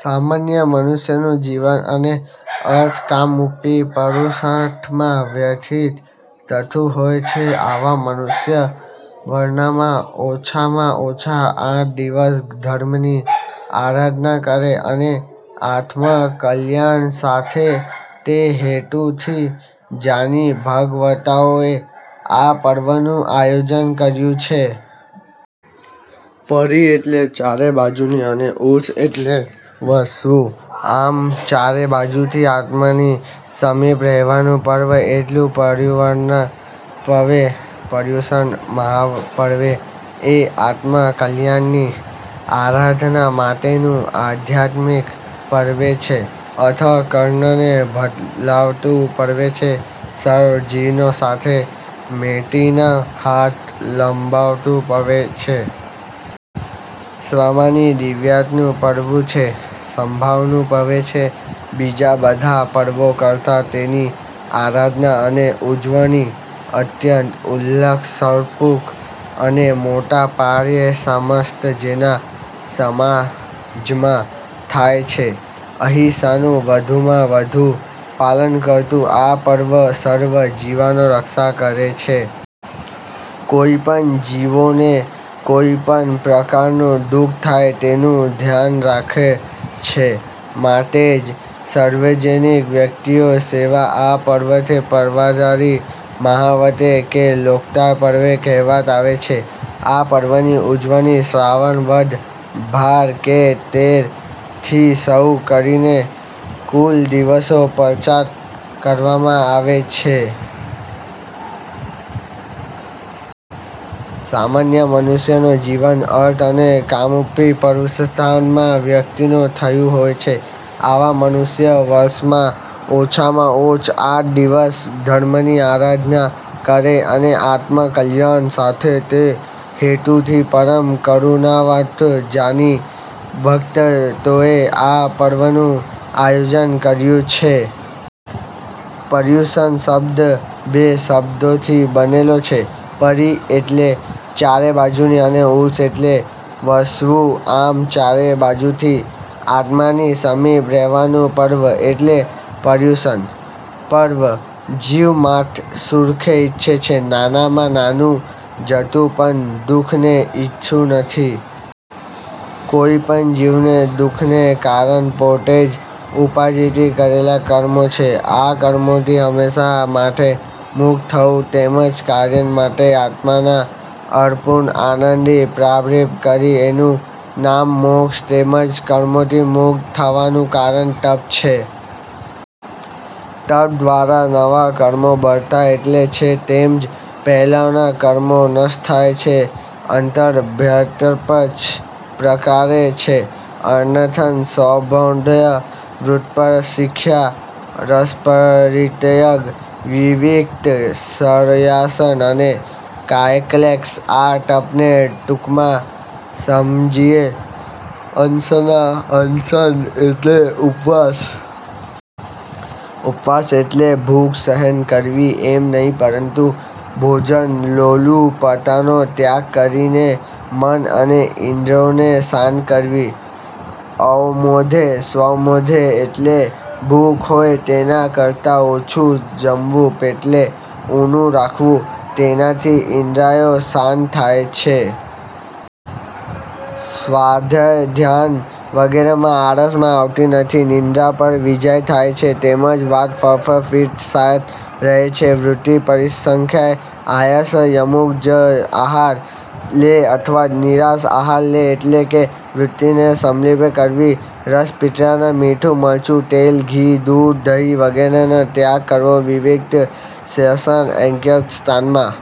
સામાન્ય મનુષ્યનું જીવન અને અર્થ કામરૂપી પુરુષાર્થમાં વ્યતીત થતું હોય છે. આવા મનુષ્યો વર્ષમાં ઓછામાં ઓછા આઠ દિવસ ધર્મની આરાધના કરે અને આત્મકલ્યાણ સાધે તે હેતુથી જ્ઞાની ભગવંતોએ આ પર્વનું આયોજન કર્યું છે. 'પરિ' એટલે ચારે બાજુથી અને 'ઉષ' એટલે વસવું આમ ચારે બાજુથી આત્માની સમીપ રહેવાનું પર્વ એટલે પર્યુષણ પર્વ. પર્યુષણ મહાપર્વ એ આત્મકલ્યાણની આરાધના માટેનું આધ્યાત્મિક પર્વ છે. અંત:કરણને બદલાવતું પર્વ છે. સર્વ જીવો સાથે મૈત્રીનો હાથ લંબાવતું પર્વ છે. ક્ષમાની દિવ્યતાનું પર્વ છે. સમભાવનું પર્વ છે. બીજાં બધાં પર્વો કરતાં તેની આરાધના અને ઉજવણી અત્યંત ઉલ્લાસપૂર્વક અને મોટા પાયે સમસ્ત જૈન સમાજમાં થાય છે. અહિંસાનું વધુમાં વધુ પાલન કરતું આ પર્વ સર્વ જીવોની રક્ષા કરે છે. કોઇ પણ જીવોને કોઇ પણ પ્રકારનું દુ:ખ થાય તેનું ધ્યાન રાખે છે માટે જ સર્વજીવહિતકારી એવા આ પર્વને પર્વાધિરાજ મહાપર્વ કે લોકત્તર પર્વ કહેવામાં આવે છે. આ પર્વની ઉજવણી શ્રાવણ વદ બાર કે તેર થી શરૂ કરીને કુલ દિવસો પર્યંત કરવામાં આવે છે. સામાન્ય મનુષ્યનું જીવન અર્થ અને કામરૂપી પુરુષાર્થમાં વ્યતીત થતું હોય છે. આવા મનુષ્યો વર્ષમાં ઓછામાં ઓછ આઠ દિવસ ધર્મની આરાધના કરે અને આત્મકલ્યાણ સાથે તે હેતુતી પરમ કરુણાવંત જ્ઞાની ભગવંતોએ આ પર્વનું આયોજન કર્યું છે. પર્યુષણ શબ્દ બે શબ્દોથી બનેલો છે. પરિ એટલે ચારે બાજુથી અને ઉષ એટલે વસવું. આમ ચારે બાજુથી આત્માની સમીપ રહેવાનું પર્વ એટલે પર્યુષણ પર્વ. જીવ માત્ર સુખને ઇચ્છે છે, નાનામાં નાનું જંતુ પણ દુ:ખને ઇચ્છતું નથી. કોઇ પણ જીવને દુ:ખનું કારણ પોતે જ ઉપાર્જિત કરેલાં કર્મો છે. આ કર્મોથી હંમેશ માટે મુક્ત થવું તેમજ કાયમ માટે આત્માના અપૂર્વ આનંદની પ્રાપ્તિ કરવી એનું નામ મોક્ષ. તેમજ કર્મોથી મુક્ત થવાનું કારણ તપ છે. તપ દ્વારા નવાં કર્મો બંધાતાં અટકે છે. તેમજ પહેલાંનાં કર્મો નષ્ટ થાય છે. અંતરંગ બાહ્યતપ છ પ્રકારે છે. અનશન અવમૌદર્ય, વૃત્તિપરિસંખ્યા, રસપરિત્યાગ, વિવિક્ત શય્યાસન અને કાયક્લેશ. આ તપને ટૂંકમાં સમજીએ. અનશન: અનશન એટલે ઉપવાસ. ઉપવાસ એટલે ભૂખ સહન કરવી એમ નહીં પરંતુ ભોજન લોલુપતાનો ત્યાગ કરીને મન અને ઇન્દ્રિઓને શાંત કરવી. અવમૌદઃ અવમૌદર્ય એટલે ભૂખ હોય તેના કરતાં ઓછું જમવું, પેટને ઊણું રાખવું. તેનાથી ઇન્દ્રિયો શાંત થાય છે. સ્વાધ્યાય-ધ્યાન વગેરેમાં આળસ આવતાં નથી. નિદ્રા પર વિજય થાય છે તેમજ વાત-કફ-પિત્ત શાંત રહે છે. વૃત્તિ પરિસંખ્યાનઃ આહારમાં અમુક જ આહાર લે અથવા નીરસ આહાર લે. એટલે કે વૃત્તિને સંમિપ્ત કરવી. રસપરિત્યાગઃ મીઠું, મરચું, તેલ, ઘી, દૂધ, દહીં વગેરેનો ત્યાગ કરવો. વિવિક્ત શય્યાસન: એકાંત સ્થાનમાં